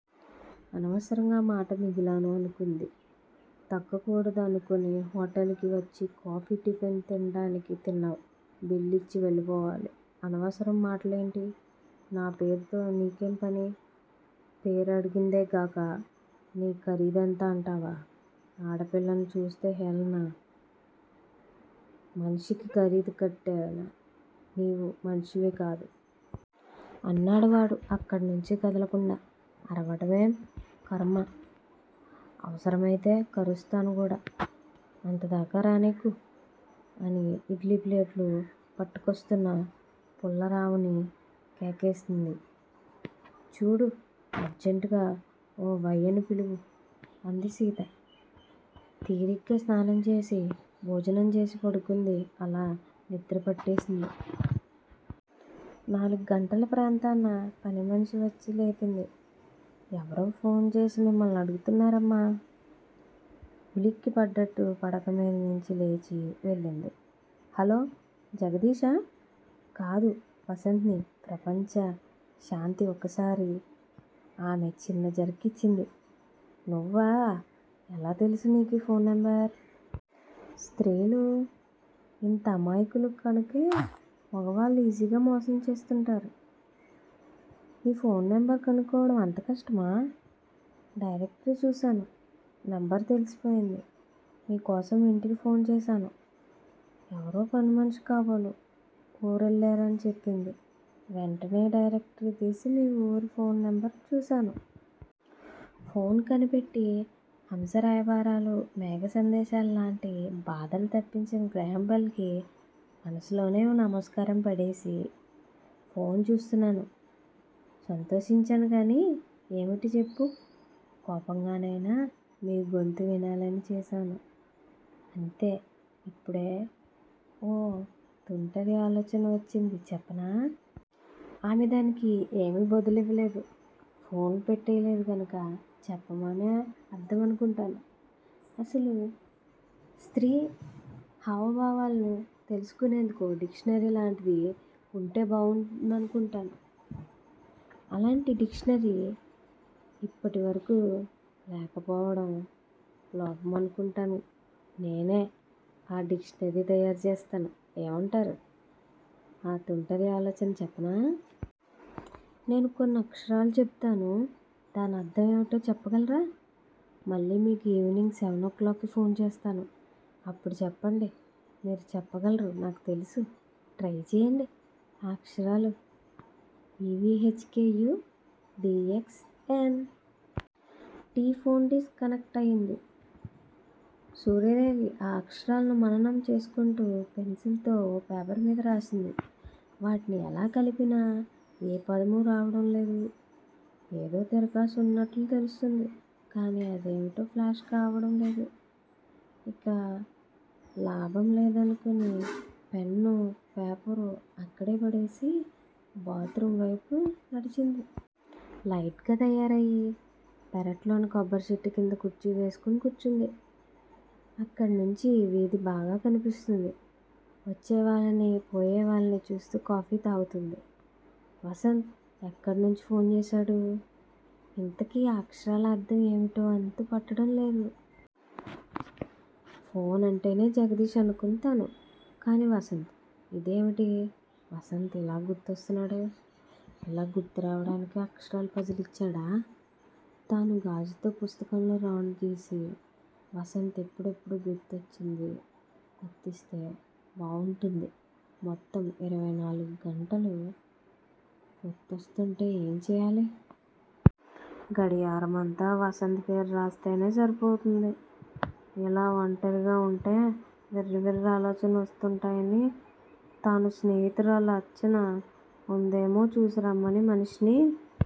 అనవసరంగా మాట మిగిలాను అనుకుంది. తగ్గకూడదు అనుకుని హొటల్ కి వచ్చింది కాఫీ, టిఫెన్ తింటానికి- తిన్నావ్, బిల్లిచ్చి, వెళ్ళిపోవాలి. అనవసరం మాటలేంటి? నా పేరుతో నీకేం పని? పేరు అడిగిందే గాక, నీ ఖరీదెంత అంటావా? ఆడ పిల్లని చూస్తే హేళన! మనిషికి ఖరీదు కట్టిన నీవు మనిషివికాదు. అన్నాడు వాడు అక్కడ నుంచి కదలకుండా. అరవటమేం ఖర్మ అవసరమయితే కరుస్తాను కూడా! అంత దాకా రానీయకు. అని ఇడ్లీ ప్లేట్లు పట్టుకోస్తున్న పుల్లారావుని కేకేసింది. చూడు. అర్జంటుగా ఓబయ్యను పిలువు అంది సీత. తీరిగ్గా స్నానం చేసి, భోజనం చేసి పడుకుంది. అలా నిద్రపట్టేసింది. నాలుగు గంటల ప్రాంతాన పనిమనిషి వచ్చి లేపింది. ఎవరో ఫోన్ చేసి మిమ్మల్నడుగుతున్నారమ్మా ఉలిక్కి పడ్డట్లు పడకమీద నుంచి లేచి వెళ్ళింది. హలో! జగదీషా! కాదు వసంత్ ని ప్రపంచ శాంతి ఒక్కసారి ఆమె చిన్న జర్క్ ఇచ్చింది. నువ్వా! ఎలా తెలుసు నీకీ ఫోన్ నెంబర్? స్త్రీలు ఇంత అమాయకులు కనుకే మగవాళ్ళు ఈజీగా మోసం చేస్తుంటారు. మీ ఫోన్ నెంబర్ కనుక్కోవడం అంత కష్టమా? డైరెక్టరీ చూశాను. నెంబరు తెలిసిపోయింది. మీకోసం ఇంటికి ఫోన్ చేశాను. ఎవరో పనిమనిషి కాబోలు ఊరెళ్ళారని చెప్పింది. వెంటనే డైరెక్టరీ తీసి మీ ఊరి ఫోన్ నెంబర్ చూశాను. ఫోన్ కనిపెట్టి హంస రాయబారాలు, మేఘ సందేశాలు లాంటి బాధలు తప్పించైనా గ్రాహంబెల్ కి మనసులోనే ఓ నమస్కారం పడేసి ఫోన్ చేస్తున్నాను సంతోషించాను గానీ, ఏమిటి చెప్పు? కోపంగానైనా మీ గొంతు వినాలని చేశాను అంతే ఇప్పుడే ఓ తుంటరి ఆలోచన వచ్చింది చెప్పనా? ఆమె దానికి ఏమీ బదులివ్వలేదు. ఫోన్ పెట్టేయలేదు గనుక చెప్పమనే అర్ధమనుకుంటాను. అసలు స్త్రీ హావ భావాలు తెలుసుకునేందుకు ఓ డిక్షనరీ లాంటిది వుంటే బావుంటుందనుకుంటాను. అలాంటి డిక్షనరీ ఇప్పటి వరకూ లేకపోవడం లోపమనుకుంటాను. నేనే ఆ డిక్షనరీ తయారు చేస్తాను. ఏమంటారు? ఆ తుంటరి ఆలోచనా చెప్పనా? నేను కొన్ని అక్షరాలు చెబుతాను. దానర్ధం ఏమిటో చెప్పగలరా? మళ్ళీ మీకు ఈవినింగ్ సెవన్ ఓ క్లాక్ కి ఫోన్ చేస్తాను. అప్పుడు చెప్పండి మీరు చెప్పగలరు నాకు తెలుసు. ట్రై చేయండి. ఆ అక్షరాలు ఇవీ H. K. U. D. X. N. T phone disconnect అయింది. సూర్యాదేవి ఆ అక్షరాలను మననం చేసుకుంటూ పెన్సిల్ తో ఓ పేపర్ మీద రాసింది. వాటిని ఎలా కలిపినా ఏ పదమూ రావడం లేదు. ఏదో తిరకాసు వున్నట్లు తెలుస్తోంది కానీ అదేమిటో ప్లాష్ కావడం లేదు. ఇక లాభం లేదనుకుని పెన్నూ, పేపర్ అక్కడే పడేసి, బాత్రూమ్ వైపు నడిచింది. లైట్ గా తయారయి పెరట్లోని కొబ్బరిచెట్ల కింద కుర్చీ వేసుకుని కూర్చుంది. అక్కడి నుండి వీధి బాగా కనిపిస్తుంది. వచ్చే వాళ్ళనీ పోయేవాళ్ళనీ చూస్తూ కాఫీ తాగుతోంది. వసంత్ ఎక్కడి నుంచి ఫోన్ చేశాడు. ఇంతకీ ఆ అక్షరాల అర్ధం ఏమిటో అంతు పట్టడం లేదు. ఫోన్ అంటేనే జగదీష్ అనుకొంది తను. కానీ వసంత్. ఇదేమిటి వసంత్ ఇలా గురొస్తున్నాడు. ఇలా గుర్తురావడానికే అక్షరాల పజిల్ ఇచ్చాడా? తనూ గాజుతో పుస్తకములో రౌండ్ గీసి వసంత్ ఎప్పుడెప్పుడూ గుర్తొచ్చింది గుర్తిస్తే బావుంటుంది. మొత్తం ఇరవై నాలుగు గంటలూ గుర్తొస్తుంటే ఏం చేయాలి. గడియారమంతా వసంత్ పేరు రాస్తేనే సరిపోతుంది. ఇలా ఒంటరిగా వుంటే వెర్రిమొర్రి ఆలోచనలు వస్తుంటాయని తన స్నేహితురాలు అర్చన వుందేమో చూసి రమ్మని మనిషిని